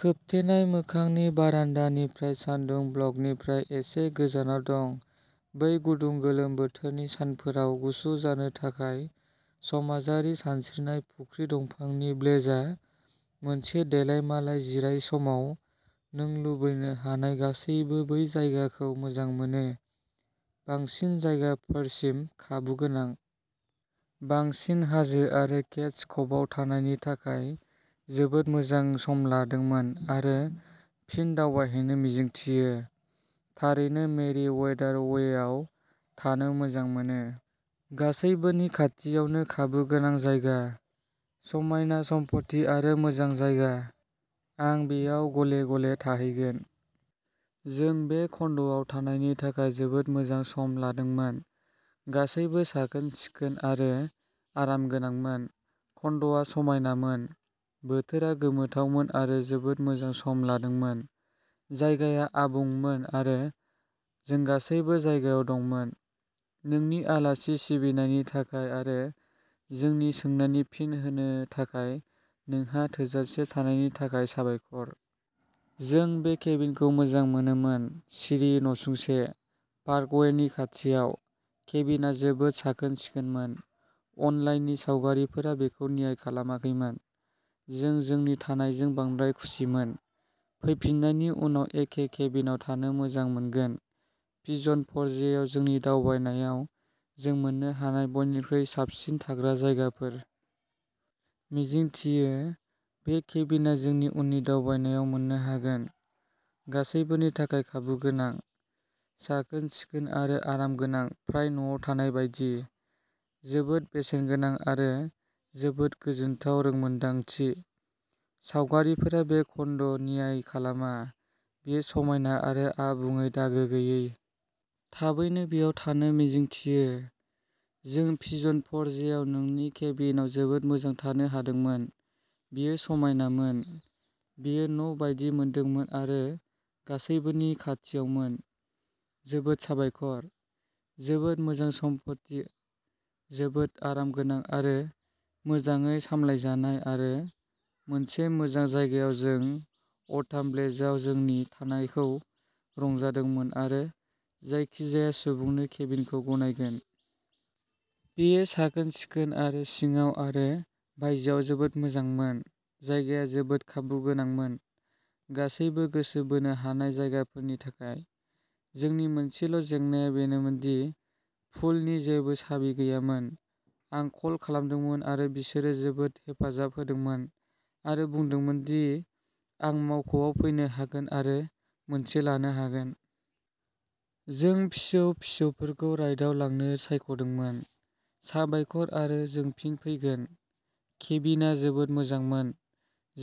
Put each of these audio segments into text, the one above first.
खोबथेनाय मोखांनि बारान्दानिफ्राय सानदुं ब्लकनिफ्राय एसे गोजानाव दं बै गुदुं गोलोम बोथोरनि सानफोराव गुसु जानो थाखाय समाजारि सानस्रिनाय फुख्रि दुफांनि ब्लेजआ मोनसे देलायमालाय जिरायसमाव नों लुबैनो हानाय गासैबो बै जायगाखौ मोजां मोनो। बांसिन जायगाफोरसिम खाबुगोनां। बांसिन हाजो आरो केड्स कभआव थानायनि थाखाय जोबोद मोजां सम लादोंमोन आरो फिन दावबायहैनो मिजिंथियो। थारैनो मेरि वेदार वेआव थानो मोजां मोनो। गासैबोनि खाथियावनो खाबुगोनां जायगा। समायना सम्पथि आरो मोजां जायगा। आं बेयाव गले-गले थाहैगोन। जों बे कन्ड'आव थानायनि थाखाय जोबोद मोजां सम लादोंमोन। गासैबो साखोन-सिखोन आरो आरामगोनांमोन। कन्ड'आ समायनामोन। बोथोरा गोमोथावमोन आरो जोबोद मोजां सम लादोंमोन। जायगाया आबुंमोन आरो जों गासैबो जायगायाव दंमोन। नोंनि आलासि सिबिनायनि थाखाय आरो जोंनि सोंनायनि फिन होनो थाखाय नोंहा थोजासे थानायनि थाखाय साबायखर। जों बे केबिनखौ मोजां मोनोमोन। सिरि नसुंसे। पार्कवेनि खाथियाव। केबिनआ जोबोद साखोन-सिखोनमोन। अनलाइननि सावगारिफोरा बेखौ न्याय खालामाखैमोन। जों जोंनि थानायजों बांद्राय खुसिमोन। फैफिन्नायनि उनाव एखे केबिनआव थानो मोजां मोनगोन। पिजन फ'रजेआव जोंनि दावबायनायाव जों मोननो हानाय बयनिख्रुइ साबसिन थाग्रा जायगाफोर। मिजिंथियो बे केबिनआ जोंनि उननि दावबायनायाव मोननो हागोन। गासैबोनि थाखाय खाबुगोनां। साखोन-सिखोन आरो आरामगोनां फ्राय न'आव थानाय बायदि। जोबोद बेसेनगोनां आरो जोबोद गोजोनथाव रोंमोनदांथि। सावगारिफोरा बे कन्ड'न्याय खालामा बेयो समायना आरो आबुङै दागो गैयै। थाबैनो बेयाव थानो मिजिंथियो। जों पिजन फ'रजेआव नोंनि केबिनआव जोबोद मोजां थानो हादोंमोन। बेयो समायनामोन। बेयो न'बायदि मोनदोंमोन आरो गासैबोनि खाथियावमोन। जोबोद साबायखर। जोबोद मोजां सम्पथि जोबोद आरामगोनां आरो मोजाङै सामलायजानाय आरो मोनसे मोजां जायगायाव जों अटाम ब्लेजआव जोंनि थानायखौ रंजादोंमोन आरो जायखिजाया सुबुंनो केबिनखौ गनायगोन। बेयो साखोन-सिखोन आरो सिङाव आरो बायजोआव जोबोद मोजांमोन। जायगाया जोबोद खाबुगोनांमोन। गासैबो गोसो बोनो हानाय जायगाफोरनि थाखाय। जोंनि मोनसेल' जेंनाया बेनोमोन दि पुलनि जेबो साबि गैयामोन। आं कल खालामदोंमोन आरो बिसोरो जोबोद हेफाजाब होदोंमोन आरो बुंदोंमोन दि आं मावख'आव फैनो हागोन आरो मोनसे लानो हागोन। जों फिसौ-फिसौफोरखौ राइडआव लांनो सायख'दोंमोन। साबायखर आरो जों फिन फैगोन। केबिनआ जोबोद मोजांमोन।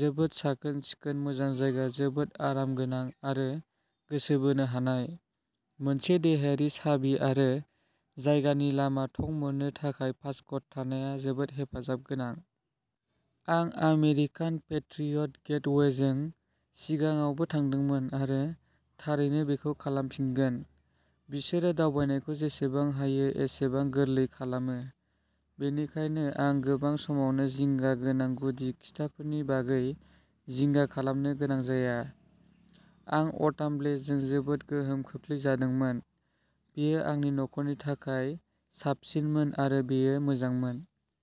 जोबोद साखोन-सिखोन मोजां जायगा जोबोद आरामगोनां आरो गोसो बोनो हानाय। मोनसे देहायारि साबि आरो जायगानि लामा थं मोननो थाखाय पासक'ड थानाया जोबोद हेफाजाब गोनां। आं आमेरिकान पेट्रियट गेटवेजों सिगाङावबो थादोंमोन आरो थारैनो बेखौ खालामफिनगोन। बिसोरो दावबायनायखौ जेसेबां हायो एसेबां गोरलै खालामो। बेनिखायनो आं गोबां समावनो जिंगा गोनां गुदि खिथाफोरनि बागै जिंगा खालामनो गोनां जाया। आं अटाम ब्लेजों जोबोद गोहोम खोख्लैजादोंमोन। बेयो आंनि नखरनि थाखाय साबसिनमोन आरो बेयो मोजांमोन।